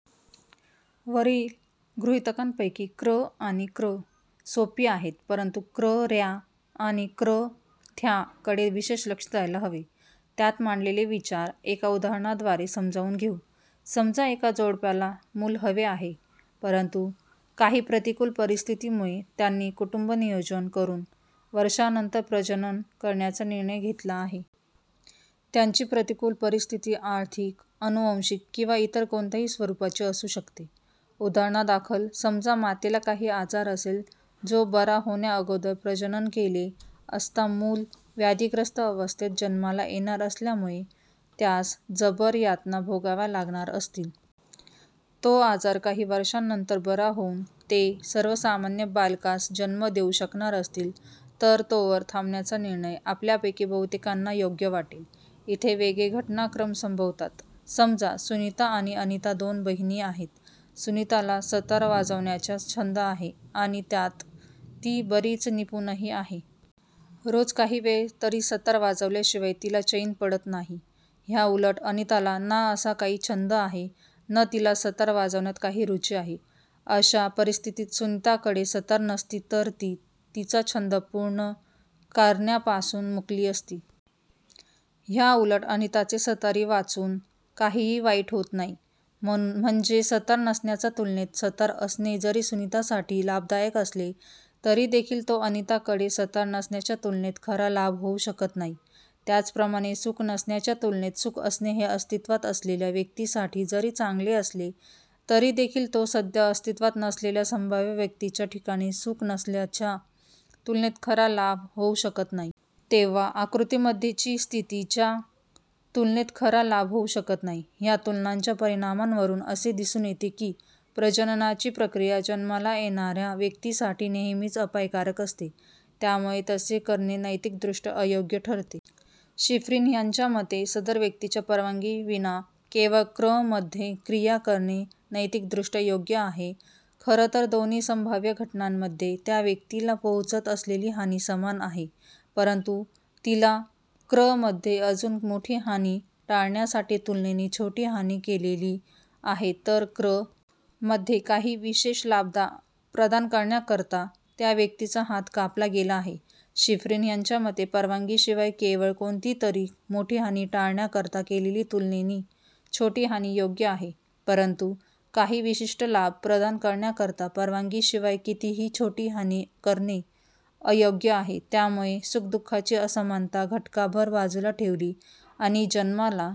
वरील गृहीतकांपैकी क्र. आणि क्र. सोपी आहेत परंतु क्र. ऱ्या आणि क्र. थ्या कडे विशेष लक्ष द्यायला हवे. त्यात मांडलेले विचार एका उदाहरणा द्वारे समजावून घेऊ. समजा एका जोडप्याला मुल हवे आहे, परंतु काही प्रतिकूल परिस्थितीमुळे त्यांनी कुटुंबनियोजन करून वर्षांनंतर प्रजनन करण्याचा निर्णय घेतला आहे. त्यांची प्रतिकुल परिस्थिती आर्थिक, अनुवंशिक किंवा इतर कोणत्याही स्वरूपाची असू शकते. उदाहरणा दाखल समजा मातेला काही आजार असेल जो बरा होण्या अगोदर प्रजनन केले असता मुल व्याधिग्रस्त अवस्थेत जन्माला येणार असल्यामुळे त्यास जबर यातना भोगाव्या लागणार असतील. तो आजार काही वर्षांनंतर बरा होऊन ते सर्वसामान्य बालकास जन्म देऊ शकणार असतील, तर तोवर थांबण्याचा निर्णय आपल्यापैकी बहुतेकांना योग्य वाटेल. इथे वेगळे घटनाक्रम संभवतात -समजा सुनीता आणि अनिता दोन बहिणी आहेत. सुनीताला सतार वाजवण्याच्या छंद आहे आणि त्यात ती बरीच निपुणही आहे. रोज काही वेळ तरी सतार वाजवल्या शिवाय तिला चैन पडत नाही. ह्या उलट अनिताला ना असा काही छंद आहे न तिला सतार वाजवण्यात काही रुची आहे. अश्या परिस्थितीत सुनिताकडे सतार नसती तर ती तिचा छंद पूर्ण कारण्यापासून मुकली असती. ह्या उलट अनिताचे सतारी वाचून काहीही वाईट होत नाही. म्हणजे सतार नसण्याच्या तुलनेत सतार असणे जरी सुनीतासाठी लाभदायक असले तरी देखील तो अनिताकडे सतार नसण्याच्या तुलनेत खरा लाभ होऊ शकत नाही. त्याच प्रमाणे सुख नसण्याच्या तुलनेत सुख असणे हे अस्तित्वात असलेल्या व्यक्तीसाठी जरी चांगले असले तरी देखील तो सध्या अस्तित्वात नसलेल्या संभाव्य व्यक्तीच्या ठिकाणी सुख नसल्याच्या तुलनेत खरा लाभ होऊ शकत नाही. तेंव्हा आकृती मध्ये ची स्थिती च्या तुलनेत खरा लाभ होऊ शकत नाही. ह्या तुलनांच्या परिणामांवरून असे दिसून येते की प्रजननाची प्रक्रिया जन्माला येणाऱ्या व्यक्तीसाठी नेहेमीच अपायकारक असते. त्यामुळे तसे करणे नैतिक दृष्ट्या अयोग्य ठरते. शिफ्रीन ह्यांच्या मते सदर व्यक्तीच्या परवानगीविना केवळ क्र. मध्ये क्रिया करणे नैतिक दृष्ट्या योग्य आहे. खरं तर दोन्ही संभाव्य घटनांमध्ये त्या व्यक्तीला पोहोचत असलेली हानी समान आहे. परंतु तिला क्र. मध्ये अजून मोठी हानी टाळण्यासाठी तुलनेनी छोटी हानी केलेली आहे तर क्र. मध्ये काही विशेष लाभ प्रदान करण्याकरता त्या व्यक्तीचा हात कापला गेला आहे. शिफ्रीन ह्यांच्या मते परवानगीशिवाय केवळ कोणतीतरी मोठी हानी टाळण्याकरता केलेली तुलनेनी छोटी हानी योग्य आहे परंतु काही विशिष्ट लाभ प्रदान करण्याकरता परवानगीशिवाय कितीही छोटी हानी करणे अयोग्य आहे. त्यामुळे सुख-दुःखाची असमानता घटकाभर बाजूला ठेवली आणि जन्माला